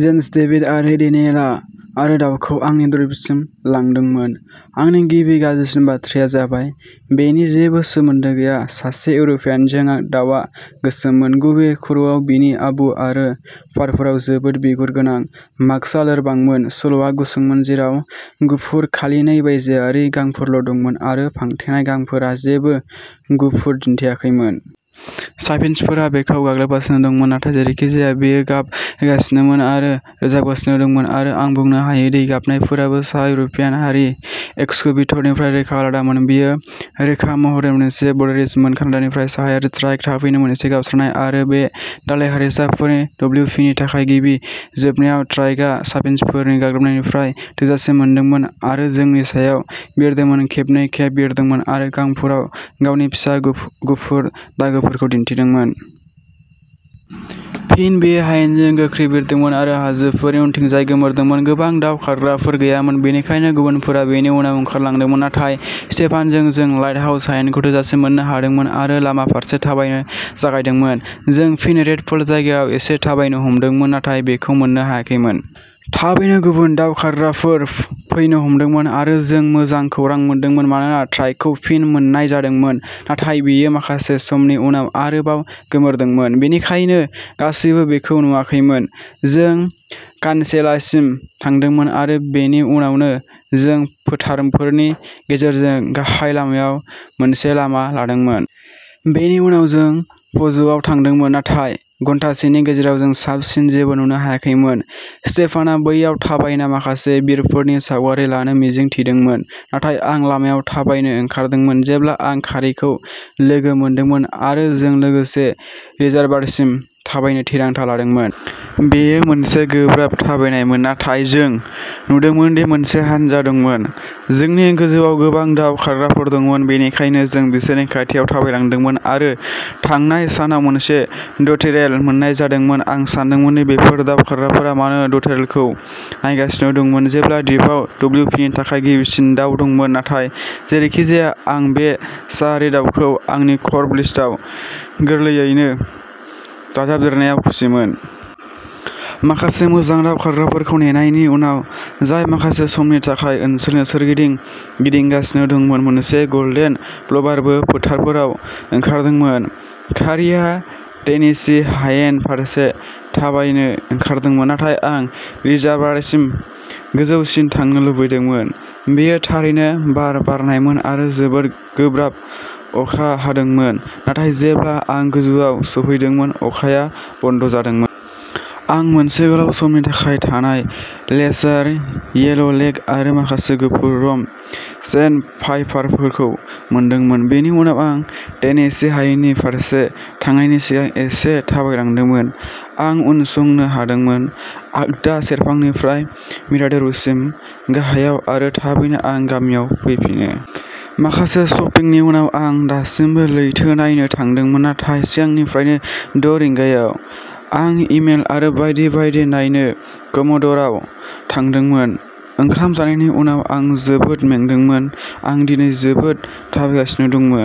Gents, David आरो डेनियेलआ आरो दाउखौ आंनि दूरबीनसिम लांदोंमोन, आंनि गिबि गाज्रिसिन बाथ्राया जाबायः बेनि जेबो सोमोन्दो गैया सासे इउर'पियानजों दावआ गोसोममोन, गुबैयै खर'आव, बिनि आबु आरो फारफोराव जोबोद बिगुर गोनां, मास्कआ लोरबांमोन, सल'आ गुसुंमोन जेराव गुफुर खालि नै बायजोआरि गांफोरल' दंमोन आरो फांथेनाय गांफोरा जेबो गुफुर दिन्थियाखैमोन। चाफिन्चफोरा बेखौ गाग्लोबगासिनो दंमोन नाथाय जेरैखिजाया बेयो गाब होगासिनोमोन आरो रोजाबगासिनो दंमोन आरो आं बुंनो हायोदि गाबनायफोराबो सा-इउर'पियान हारि एक्सकुबिटर निफ्राय रोखा आलादामोन। बेयो रोखा महरै मोनसे बरेलिस मोन कानाडानिफ्राय साहायारि श्राइक-थाबैनो मोनसे गावस्रानाय आरो बे दालाय हारिसाफोरनि डब्लिउपिनि थाखाय गिबि जोबनायाव श्राइकआ चाफिन्चफोरनि गाग्लोबनायनिफ्राय थोजासे मोनदोंमोन आरो जोंनि सायाव बिरदोंमोन, खेबनै-खेब बिरदोंमोन आरो गांफोराव गावनि फिसा गुफुर दागोफोरखौ दिन्थिदोंमोन। फिन बेयो हायेनजों गोख्रै बिरदोंमोन आरो हाजोफोरनि उनथिंजाय गोमोरदोंमोन। गोबां दाउ खारग्राफोर गैयामोन, बेनिखायनो गुबुनफोरा बेनि उनाव ओंखारलांदोंमोन, नाथाय स्टेफानजों जों लाइटहाउस हायेनखौ थोजासे मोननो हादोंमोन आरो लामा फारसे थाबायनो जागायदोंमोन। जों फिन रेडपल जायगायाव एसे थाबायनो हमदोंमोन, नाथाय बेखौ मोननो हायाखैमोन। थाबैनो गुबुन दाउ खारग्राफोर फैनो हमदोंमोन आरो जों मोजां खौरां मोनदोंमोन मानोना श्राइकखौ फिन मोन्नाय जादोंमोन। नाथाय बेयो माखासे समनि उनाव आरोबाव गोमोरदोंमोन, बेनिखायनो गासैबो बेखौ नुवाखैमोन। जों कानसेलाससिम थांदोंमोन आरो बेनि उनावनो जों फोथारफोरनि गेजेरजों गाहाय लामायाव मोनसे लामा लादोंमोन। बेनि उनाव जों फ'ज'आव थांदोंमोन, नाथाय घन्टासेनि गेजेराव जों साबसिन जेबो नुनो हायाखैमोन। स्टेफानआ बैयाव थाबायना माखासे भिर'फोरनि सावगारि लानो मिजिं थिदोंमोन, नाथाय आं लामायाव थाबायनो ओंखारदोंमोन, जेब्ला आं कारीखौ लोगो मोनदोंमोन आरो जों लोगोसे रिजार्भारसिम थाबायनो थिरांथा लादोंमोन। बेयो मोनसे गोब्राब थाबायनायमोन, नाथाय जों नुदोंमोन दि मोनसे हानजा दंमोन। जोंनि गोजौआव गोबां दाव खारग्राफोर दंमोन, बेनिखायनो जों बिसोरनि खाथियाव थाबायलांदोंमोन आरो थांनाय सानाव मोनसे ड'टटेरेल मोन्नाय जादोंमोन। आं सानदोंमोन दि बेफोर दाव खारग्राफोरा मानो ड'टटेरेलखौ नायगासिनो दंमोन, जेब्ला द्वीपआव डब्लिउ पि नि थाखाय गिबिसिन दाव दंमोन, नाथाय जेरैखिजाया आं बे साआरि दाउखौ आंनि क'र्भ'- लिस्टआव गोरलैयैनो दाजाबदेरनायाव खुसिमोन। माखासे मोजां दाव खारग्राफोरखौ नेनायनि उनाव, जाय माखासे समनि थाखाय ओनसोलनि सोरगिदिं गिदिंगासिनो दंमोन, मोनसे गल्डेन प्लभारबो फोथारफोराव ओंखारदोंमोन। कारीआ टेनेसी हायेन फारसे थाबायनो ओंखारदोंमोन, नाथाय आं रिजार्वयारसिम गोजौसिम थांनो लुबैदोंमोन। बेयो थारैनो बार बारनायमोन आरो जोबोद गोब्राब अखा हादोंमोन, नाथाय जेब्ला आं गोजौआव सौहैदोंमोन, अखाया बन्द'जादोंमोन। आं मोनसे गोलाव समनि थाखाय थानाय लेसार येल'लेग आरो माखासे गुफुर-रम्प सेन्डपाइपारफोरखौ मोनदोंमोन। बेनि उनाव आं टेनेसी हायेननि फारसे थांनायनि सिगां एसे थाबायलांदोंमोन। आं उनसंनो हादोंमोन। आगदा सेरफांनिफ्राय मिराडौर'सिम गाहायाव आरो थाबैनो आं गामियाव फैफिनो। माखासे शपिंनि उनाव आं दासिमबो लैथो नायनो थांदोंमोन, नाथाय सिगांनिफ्रायनो द' रिंगायाव। आं इमेल आरो बायदि बायदि नायनो कम'ड'र'आव थांदोंमोन। ओंखाम जानायनि उनाव आं जोबोद मेंदोंमोन, आं दिनै जोबोद थाबायगासिनो दंमोन।